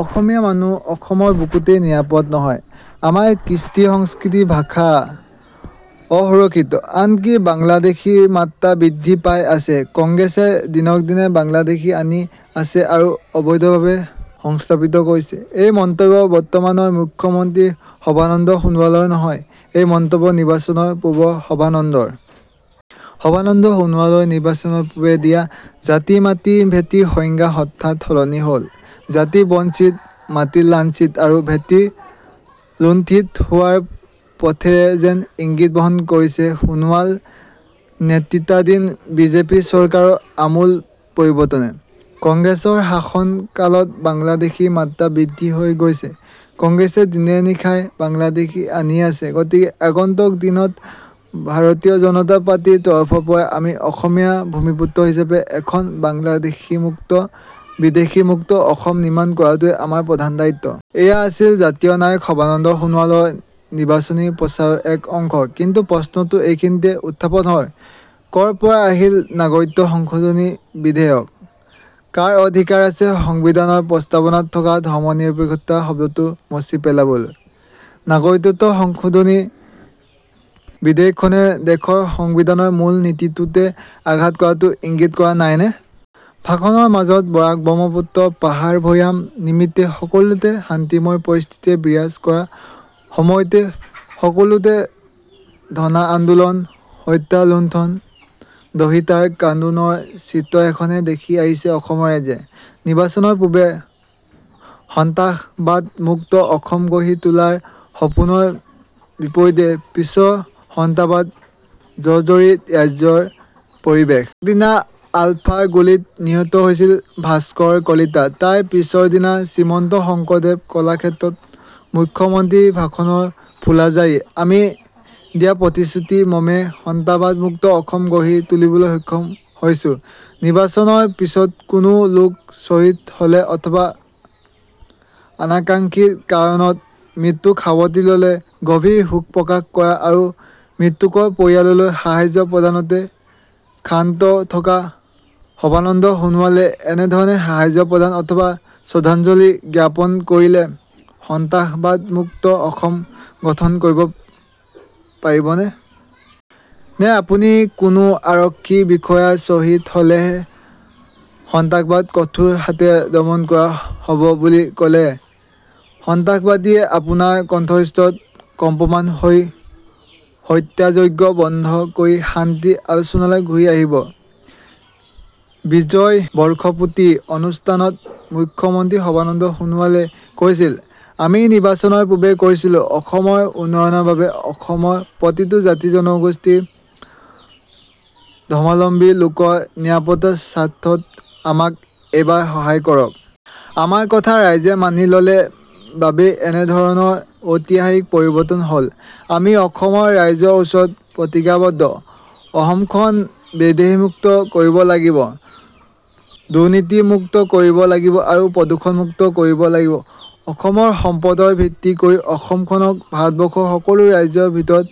অসমীয়া মানুহ অসমৰ বুকুতে নিৰাপদ নহয়। আমাৰ কৃষ্টি-সংস্কৃতি-ভাষা অসুৰক্ষিত। আনকি বাংলাদেশীৰ মাত্ৰা বৃদ্ধি পাই আছে, কংগ্ৰেছে দিনক দিনে বাংলাদেশী আনি আছে আৰু অবৈধভাৱে সংস্থাপিত কৰিছে। এই মন্তব্য বৰ্তমানৰ মুখ্য মন্ত্ৰী সৰ্বানন্দ সোণোৱালৰ নহয়, এই মন্তব্য নিৰ্বাচনৰ পূৰ্বৰ সৰ্বানন্দৰ। সৰ্বানন্দ সোণোৱালৰ নিৰ্বাচনৰ পূৰ্বে দিয়া জাতি-মাটি-ভেটিৰ সংজ্ঞা হঠাৎ সলনি হ'ল। জাতি বঞ্চিত, মাটি লাঞ্ছিত আৰু ভেটি লুণ্ঠিত হোৱাৰ পথৰে যেন ইংগিত বহন কৰিছে সোণোৱাল নেতৃত্বাধীন বিজেপি চৰকাৰৰ আমূল পৰিৱৰ্তনে। কংগ্ৰেছৰ শাসন কালত বাংলাদেশীৰ মাত্ৰা বৃদ্ধি হৈ গৈছে, কংগ্ৰেছে দিনে-নিশাই বাংলাদেশী আনিয়েই আছে, গতিকে আগন্তুক দিনত ভাৰতীয় জনতা পাৰ্টীৰ তৰফৰ পৰা আমি অসমীয়া ভূমিপুত্ৰ হিচাপে এখন বাংলাদেশীমুক্ত, বিদেশী মুক্ত অসম নিৰ্মাণ কৰাটোৱেই আমাৰ প্ৰধান দায়িত্ব। এয়া আছিল জাতীয় নায়ক সৰ্বানন্দ সোণোৱালৰ নিৰ্বাচনী প্ৰচাৰৰ এক অংশ। কিন্তু প্ৰশ্নটো এইখিনিতেই উত্থাপন হয়, ক'ৰ পৰা আহিল নাগৰিকত্ব সংশোধনী বিধেয়ক? কাৰ অধিকাৰ আছে সংবিধানৰ প্ৰস্তাৱনাত থকা ধৰ্ম নিৰপেক্ষতা শব্দটো মচি পেলাবলৈ? নাগৰিকত্ব সংশোধনী বিধেয়কখনে দেশৰ সংবিধানৰ মূল নীতিটোতে আঘাত কৰাটো ইংগিত কৰা নাইনে? ভাষণৰ মাজত বৰাক-ব্ৰহ্মপুত্ৰ, পাহাৰ-ভৈয়াম নিমিত্তে সকলোতে শান্তিময় পৰিস্থিতিয়ে বিৰাজ কৰাৰ সময়তে সকলোতে ধৰ্ণা-আন্দোলন, হত্যা-লুণ্ঠন, ধৰ্ষিতাৰ কান্দোনৰ চিত্ৰ এখনহে দেখি আহিছে অসমৰ ৰাইজে। নিৰ্বাচনৰ পূৰ্বে সন্ত্ৰাসবাদমুক্ত অসম গঢ়ি তোলাৰ সপোনৰ বিপৰীতে পিছৰ সন্ত্ৰাসবাদ জৰ্জৰিত ৰাজ্যৰ পৰিৱেশ। আগদিনা আলফাৰ গুলীত নিহত হৈছিল ভাস্কৰ কলিতা, তাৰ পিছৰদিনা শ্ৰীমন্ত শংকৰদেৱ কলাক্ষেত্ৰত মুখ্য মন্ত্ৰীৰ ভাষণৰ ফুলাজাৰি, 'আমি দিয়া প্ৰতিশ্ৰুতি মৰ্মে সন্ত্ৰাসবাদমুক্ত অসম গঢ়ি তুলিবলৈ সক্ষম হৈছোঁ'। নিৰ্বাচনৰ পিছত কোনো লোক চহিদ হ'লে অথবা আনাকাংক্ষিত কাৰণত মৃত্যুক সাৱটি ল'লে গভীৰ শোক প্ৰকাশ কৰা আৰু মৃতকৰ পৰিয়াললৈ সাহায্য প্ৰদানতে ক্ষান্ত থকা সৰ্বানন্দ সোণোৱালে এনেধৰণে সাহায্য প্ৰদান অথবা শ্ৰদ্ধাঞ্জলি জ্ঞাপন কৰিলে সন্ত্ৰাসবাদমুক্ত অসম গঠন কৰিব পাৰিবনে? নে আপুনি কোনো আৰক্ষী বিষয়া চহিদ হ'লেই সন্ত্ৰাসবাদ কঠোৰ হাতেৰে দমন কৰা হ'ব বুলি ক'লে সন্ত্ৰাসবাদীয়ে আপোনাৰ কণ্ঠস্বৰত কম্পমান হৈ হত্যাযজ্ঞ বন্ধ কৰি শান্তি আলোচনালৈ ঘূৰি আহিব? বিজয় বৰ্ষপূৰ্তি অনুষ্ঠানত মুখ্য মন্ত্ৰী সৰ্বানন্দ সোণোৱালে কৈছিল, 'আমি নিৰ্বাচনৰ পূৰ্বে কৈছিলোঁ অসমৰ উন্নয়নৰ বাবে, অসমৰ প্ৰতিটো জাতি-জনগোষ্ঠী, ধৰ্মাৱলম্বী লোকৰ নিৰাপত্তাৰ স্বাৰ্থত আমাক এইবাৰ সহায় কৰক। আমাৰ কথা ৰাইজে মানি ল'লে বাবেই এনেধৰণৰ ঐতিহাসিক পৰিৱৰ্তন হ'ল।' আমি অসমৰ ৰাইজৰ ওচৰত প্ৰতিজ্ঞাবদ্ধ, অসমখন বিদেশীমুক্ত কৰিব লাগিব, দুৰ্নীতিমুক্ত কৰিব লাগিব আৰু প্ৰদূষণ মুক্ত কৰিব লাগিব। অসমৰ সম্পদৰ ভিত্তি কৰি অসমখনক ভাৰতবৰ্ষৰ সকলো ৰাজ্যৰ ভিতৰত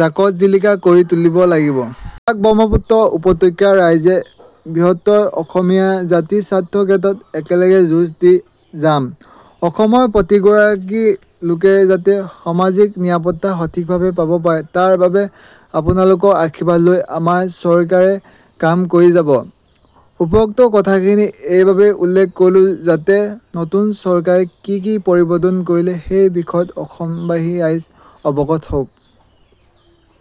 জাকতজিলিকা কৰি তুলিব লাগিব। বৰাক-ব্ৰহ্মপুত্ৰ উপত্যকাৰ ৰাইজে বৃহত্তৰ অসমীয়া জাতিৰ স্বাৰ্থৰ ক্ষেত্ৰত একেলগে যুঁজ দি যাম। অসমৰ প্ৰতিগৰাকী লোকে যাতে সামাজিক নিৰাপত্তা সঠিকভাৱে পাব পাৰে তাৰ বাবে আপোনালোকৰ আশীৰ্বাদ লৈ আমাৰ চৰকাৰে কাম কৰি যাব। উপৰোক্ত কথাখিনি এইবাবেই উল্লেখ কৰিলোঁ যাতে নতুন চৰকাৰে কি কি পৰিৱৰ্তন কৰিলে সেই বিষয়ত অসমবাসী ৰাইজ অৱগত হওক।